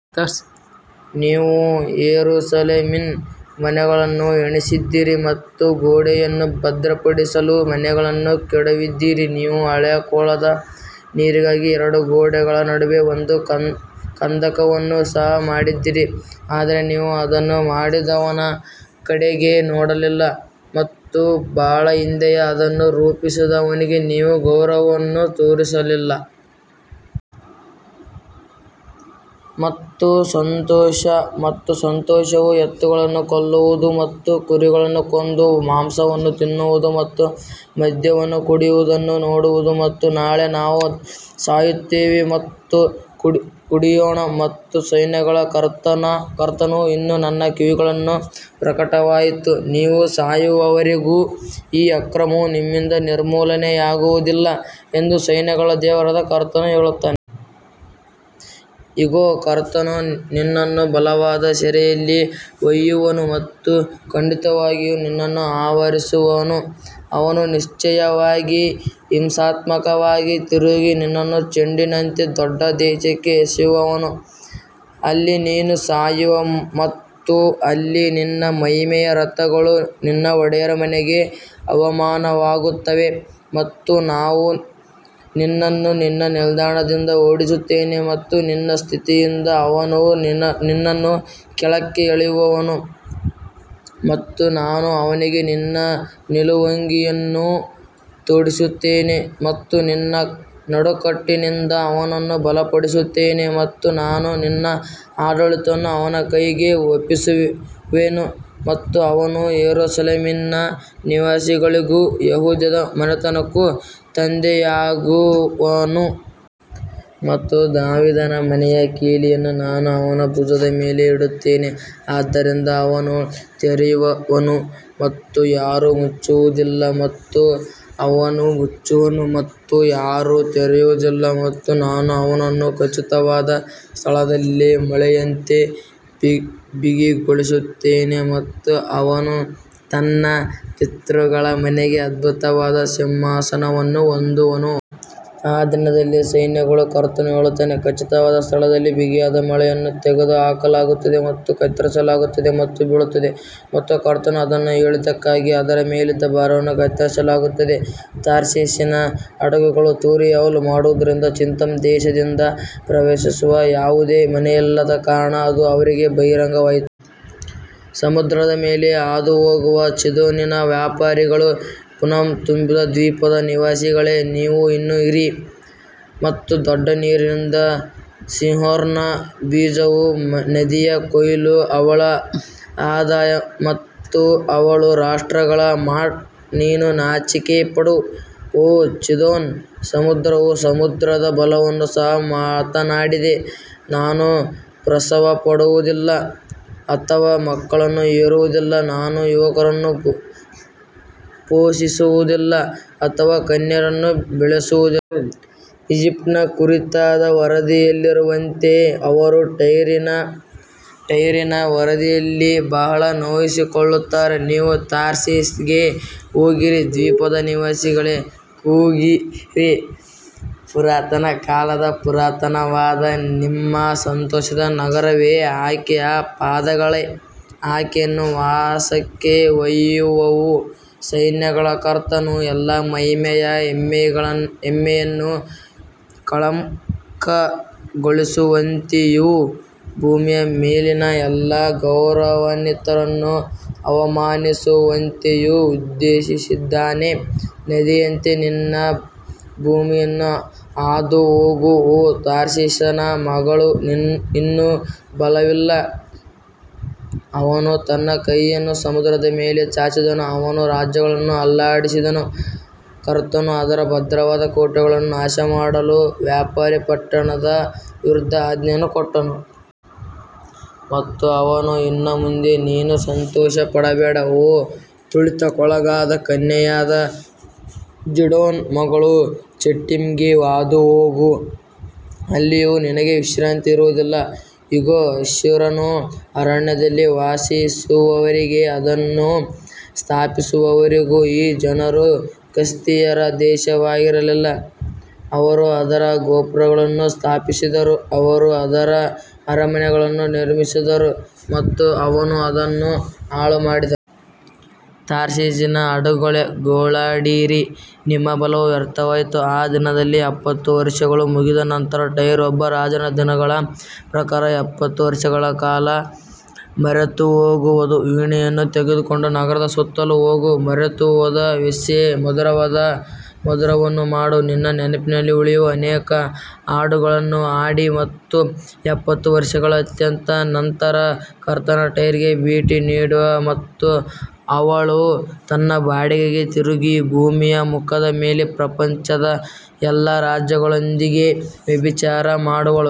ನೀವು ಯೆರೂಸಲೇಮಿನ ಮನೆಗಳನ್ನು ಎಣಿಸಿದ್ದೀರಿ ಮತ್ತು ಗೋಡೆಯನ್ನು ಭದ್ರಪಡಿಸಲು ಮನೆಗಳನ್ನು ಕೆಡವಿದ್ದೀರಿ ನೀವು ಹಳೆಯ ಕೊಳದ ನೀರಿಗಾಗಿ ಎರಡು ಗೋಡೆಗಳ ನಡುವೆ ಒಂದು ಕಂದಕವನ್ನು ಸಹ ಮಾಡಿದ್ದೀರಿ ಆದರೆ ನೀವು ಅದನ್ನು ಮಾಡಿದವನ ಕಡೆಗೆ ನೋಡಲಿಲ್ಲ ಮತ್ತು ಬಹಳ ಹಿಂದೆಯೇ ಅದನ್ನು ರೂಪಿಸಿದವನಿಗೆ ನೀವು ಗೌರವವನ್ನು ತೋರಿಸಲಿಲ್ಲ. ಮತ್ತು ಸಂತೋಷ ಮತ್ತು ಸಂತೋಷವು ಎತ್ತುಗಳನ್ನು ಕೊಲ್ಲುವುದು ಮತ್ತು ಕುರಿಗಳನ್ನು ಕೊಂದು ಮಾಂಸವನ್ನು ತಿನ್ನುವುದು ಮತ್ತು ಮದ್ಯವನ್ನು ಕುಡಿಯುವುದನ್ನು ನೋಡುವುದು ಮತ್ತು ನಾಳೆ ನಾವು ಸಾಯುತ್ತೇವೆ ಮತ್ತು ಕುಡಿಯೋಣ ಮತ್ತು ಸೈನ್ಯಗಳ ಕರ್ತನು ಇದು ನನ್ನ ಕಿವಿಗಳಲ್ಲಿ ಪ್ರಕಟವಾಯಿತು, ನೀವು ಸಾಯುವವರೆಗೂ ಈ ಅಕ್ರಮವು ನಿಮ್ಮಿಂದ ನಿರ್ಮೂಲನೆಯಾಗುವುದಿಲ್ಲ ಎಂದು ಸೈನ್ಯಗಳ ದೇವರಾದ ಕರ್ತನು ಹೇಳುತ್ತಾನೆ. ಇಗೋ, ಕರ್ತನು ನಿನ್ನನ್ನು ಬಲವಾದ ಸೆರೆಯಲ್ಲಿ ಒಯ್ಯುವನು ಮತ್ತು ಖಂಡಿತವಾಗಿಯೂ ನಿನ್ನನ್ನು ಆವರಿಸುವನು ಅವನು ನಿಶ್ಚಯವಾಗಿ ಹಿಂಸಾತ್ಮಕವಾಗಿ ತಿರುಗಿ ನಿನ್ನನ್ನು ಚೆಂಡಿನಂತೆ ದೊಡ್ಡ ದೇಶಕ್ಕೆ ಎಸೆಯುವನು, ಅಲ್ಲಿ ನೀನು ಸಾಯುವೆ ಮತ್ತು ಅಲ್ಲಿ ನಿನ್ನ ಮಹಿಮೆಯ ರಥಗಳು ನಿನ್ನ ಒಡೆಯರ ಮನೆಗೆ ಅವಮಾನವಾಗುತ್ತವೆ ಮತ್ತು ನಾನು ನಿನ್ನನ್ನು ನಿನ್ನ ನಿಲ್ದಾಣದಿಂದ ಓಡಿಸುತ್ತೇನೆ ಮತ್ತು ನಿನ್ನ ಸ್ಥಿತಿಯಿಂದ ಅವನು ನಿನ್ನನ್ನು ಕೆಳಕ್ಕೆ ಎಳೆಯುವನು ಮತ್ತು ನಾನು ಅವನಿಗೆ ನಿನ್ನ ನಿಲುವಂಗಿಯನ್ನು ತೊಡಿಸುತ್ತೇನೆ ಮತ್ತು ನಿನ್ನ ನಡುಕಟ್ಟಿನಿಂದ ಅವನನ್ನು ಬಲಪಡಿಸುತ್ತೇನೆ ಮತ್ತು ನಾನು ನಿನ್ನ ಆಡಳಿತವನ್ನು ಅವನ ಕೈಗೆ ಒಪ್ಪಿಸುವೆನು ಮತ್ತು ಅವನು ಯೆರೂಸಲೇಮಿನ ನಿವಾಸಿಗಳಿಗೂ ಯೆಹೂದದ ಮನೆತನಕ್ಕೂ ತಂದೆಯಾಗುವನು. ಮತ್ತು ದಾವೀದನ ಮನೆಯ ಕೀಲಿಯನ್ನು ನಾನು ಅವನ ಭುಜದ ಮೇಲೆ ಇಡುತ್ತೇನೆ, ಆದ್ದರಿಂದ ಅವನು ತೆರೆಯುವನು ಮತ್ತು ಯಾರೂ ಮುಚ್ಚುವುದಿಲ್ಲ ಮತ್ತು ಅವನು ಮುಚ್ಚುವನು ಮತ್ತು ಯಾರೂ ತೆರೆಯುವುದಿಲ್ಲ ಮತ್ತು ನಾನು ಅವನನ್ನು ಖಚಿತವಾದ ಸ್ಥಳದಲ್ಲಿ ಮೊಳೆಯಂತೆ ಬಿಗಿಗೊಳಿಸುತ್ತೇನೆ ಮತ್ತು ಅವನು ತನ್ನ ಪಿತೃಗಳ ಮನೆಗೆ ಅದ್ಭುತವಾದ ಸಿಂಹಾಸನವನ್ನು ಹೊಂದುವನು. ಆ ದಿನದಲ್ಲಿ ಸೈನ್ಯಗಳ ಕರ್ತನು ಹೇಳುತ್ತಾನೆ, ಖಚಿತವಾದ ಸ್ಥಳದಲ್ಲಿ ಬಿಗಿಯಾದ ಮೊಳೆಯನ್ನು ತೆಗೆದುಹಾಕಲಾಗುತ್ತದೆ ಮತ್ತು ಕತ್ತರಿಸಲಾಗುತ್ತದೆ ಮತ್ತು ಬೀಳುತ್ತದೆ ಮತ್ತು ಕರ್ತನು ಅದನ್ನು ಹೇಳಿದ್ದಕ್ಕಾಗಿ ಅದರ ಮೇಲಿದ್ದ ಭಾರವನ್ನು ಕತ್ತರಿಸಲಾಗುತ್ತದೆ. ತಾರ್ಷೀಷಿನ ಹಡಗುಗಳು ತೂರಿ ಹೌಲ್ ಮಾಡುವುದರಿಂದ ಚಿತ್ತೀಮ್ ದೇಶದಿಂದ ಪ್ರವೇಶಿಸುವ ಯಾವುದೇ ಮನೆಯಿಲ್ಲದ ಕಾರಣ ಅದು ಅವರಿಗೆ ಬಹಿರಂಗವಾಯಿತು. ಸಮುದ್ರದ ಮೇಲೆ ಹಾದುಹೋಗುವ ಝೀದೋನಿನ ವ್ಯಾಪಾರಿಗಳು ಪುನಃ ತುಂಬಿದ ದ್ವೀಪದ ನಿವಾಸಿಗಳೇ, ನೀವು ಇನ್ನೂ ಇರಿ. ಮತ್ತು ದೊಡ್ಡ ನೀರಿನಿಂದ ಸೀಹೋರ್ನ ಬೀಜವು ನದಿಯ ಕೊಯ್ಲು ಅವಳ ಆದಾಯ ಮತ್ತು ಅವಳು ರಾಷ್ಟ್ರಗಳ ಮಾರ್ಟ್ ನೀನು ನಾಚಿಕೆಪಡು ಓ ಝೀದೋನ್, ಸಮುದ್ರವು ಸಮುದ್ರದ ಬಲವನ್ನು ಸಹ ಮಾತನಾಡಿದೆ, ನಾನು ಪ್ರಸವಪಡುವುದಿಲ್ಲ ಅಥವಾ ಮಕ್ಕಳನ್ನು ಹೆರುವುದಿಲ್ಲ, ನಾನು ಯುವಕರನ್ನು ಪೋಷಿಸುವುದಿಲ್ಲ ಅಥವಾ ಕನ್ಯೆಯರನ್ನು ಬೆಳೆಸುವುದಿಲ್ಲ. ಈಜಿಪ್ಟಿನ ಕುರಿತಾದ ವರದಿಯಲ್ಲಿರುವಂತೆ ಅವರು ಟೈರಿನ ವರದಿಯಲ್ಲಿ ಬಹಳ ನೋಯಿಸಿಕೊಳ್ಳುತ್ತಾರೆ ನೀವು ತಾರ್ಷೀಷ್ಗೆ ಹೋಗಿರಿ, ದ್ವೀಪದ ನಿವಾಸಿಗಳೇ ಕೂಗಿರಿ ಪುರಾತನ ಕಾಲದ ಪುರಾತನವಾದ ನಿಮ್ಮ ಸಂತೋಷದ ನಗರವೇ ಆಕೆಯ ಪಾದಗಳೇ ಆಕೆಯನ್ನು ವಾಸಕ್ಕೆ ಒಯ್ಯುವವು ಸೈನ್ಯಗಳ ಕರ್ತನು ಎಲ್ಲಾ ಮಹಿಮೆಯ ಹೆಮ್ಮೆಯನ್ನು ಕಳಂಕಗೊಳಿಸುವಂತೆಯೂ ಭೂಮಿಯ ಮೇಲಿನ ಎಲ್ಲಾ ಗೌರವಾನ್ವಿತರನ್ನು ಅವಮಾನಿಸುವಂತೆಯೂ ಉದ್ದೇಶಿಸಿದ್ದಾನೆ ನದಿಯಂತೆ ನಿನ್ನ ಭೂಮಿಯನ್ನು ಹಾದು ಹೋಗು ಓ ತಾರ್ಷೀಷನ ಮಗಳು ಇನ್ನು ಬಲವಿಲ್ಲ ಅವನು ತನ್ನ ಕೈಯನ್ನು ಸಮುದ್ರದ ಮೇಲೆ ಚಾಚಿದನು, ಅವನು ರಾಜ್ಯಗಳನ್ನು ಅಲ್ಲಾಡಿಸಿದನು, ಕರ್ತನು ಅದರ ಭದ್ರವಾದ ಕೋಟೆಗಳನ್ನು ನಾಶಮಾಡಲು ವ್ಯಾಪಾರಿ ಪಟ್ಟಣದ ವಿರುದ್ಧ ಆಜ್ಞೆಯನ್ನು ಕೊಟ್ಟನು. ಮತ್ತು ಅವನು ಇನ್ನು ಮುಂದೆ ನೀನು ಸಂತೋಷಪಡಬೇಡ, ಓ ತುಳಿತಕ್ಕೊಳಗಾದ ಕನ್ಯೆಯಾದ ಜಿಡೋನ್ ಮಗಳು ಚಿಟ್ಟಿಮ್ಗೆ ಹಾದುಹೋಗು ಅಲ್ಲಿಯೂ ನಿನಗೆ ವಿಶ್ರಾಂತಿ ಇರುವುದಿಲ್ಲ. ಇಗೋ, ಅಶ್ಶೂರನು ಅರಣ್ಯದಲ್ಲಿ ವಾಸಿಸುವವರಿಗೆ ಅದನ್ನು ಸ್ಥಾಪಿಸುವವರೆಗೂ ಈ ಜನರು ಕಸ್ದೀಯರ ದೇಶವಾಗಿರಲಿಲ್ಲ, ಅವರು ಅದರ ಗೋಪುರಗಳನ್ನು ಸ್ಥಾಪಿಸಿದರು, ಅವರು ಅದರ ಅರಮನೆಗಳನ್ನು ನಿರ್ಮಿಸಿದರು ಮತ್ತು ಅವನು ಅದನ್ನು ಹಾಳುಮಾಡಿದನು. ತಾರ್ಷೀಷಿನ ಹಡಗುಗಳೇ ಗೋಳಾಡಿರಿ ನಿಮ್ಮ ಬಲವು ವ್ಯರ್ಥವಾಯಿತು ಆ ದಿನದಲ್ಲಿ ಎಪ್ಪತ್ತು ವರ್ಷಗಳು ಮುಗಿದ ನಂತರ ಟೈರ್ ಒಬ್ಬ ರಾಜನ ದಿನಗಳ ಪ್ರಕಾರ ಎಪ್ಪತ್ತು ವರ್ಷಗಳ ಕಾಲ ಮರೆತುಹೋಗುವದು ವೀಣೆಯನ್ನು ತೆಗೆದುಕೊಂಡು ನಗರದ ಸುತ್ತಲೂ ಹೋಗು, ಮರೆತುಹೋದ ವೇಶ್ಯೆ, ಮಧುರವಾದ ಮಧುರವನ್ನು ಮಾಡು ನಿನ್ನ ನೆನಪಿನಲ್ಲಿ ಉಳಿಯುವ ಅನೇಕ ಹಾಡುಗಳನ್ನು ಹಾಡಿ ಮತ್ತು ಎಪ್ಪತ್ತು ವರ್ಷಗಳ ಅಂತ್ಯದ ನಂತರ ಕರ್ತನು ಟೈರಿಗೆ ಭೇಟಿ ನೀಡುವನು ಮತ್ತು ಅವಳು ತನ್ನ ಬಾಡಿಗೆಗೆ ತಿರುಗಿ ಭೂಮಿಯ ಮುಖದ ಮೇಲೆ ಪ್ರಪಂಚದ ಎಲ್ಲಾ ರಾಜ್ಯಗಳೊಂದಿಗೆ ವ್ಯಭಿಚಾರ ಮಾಡುವಳು.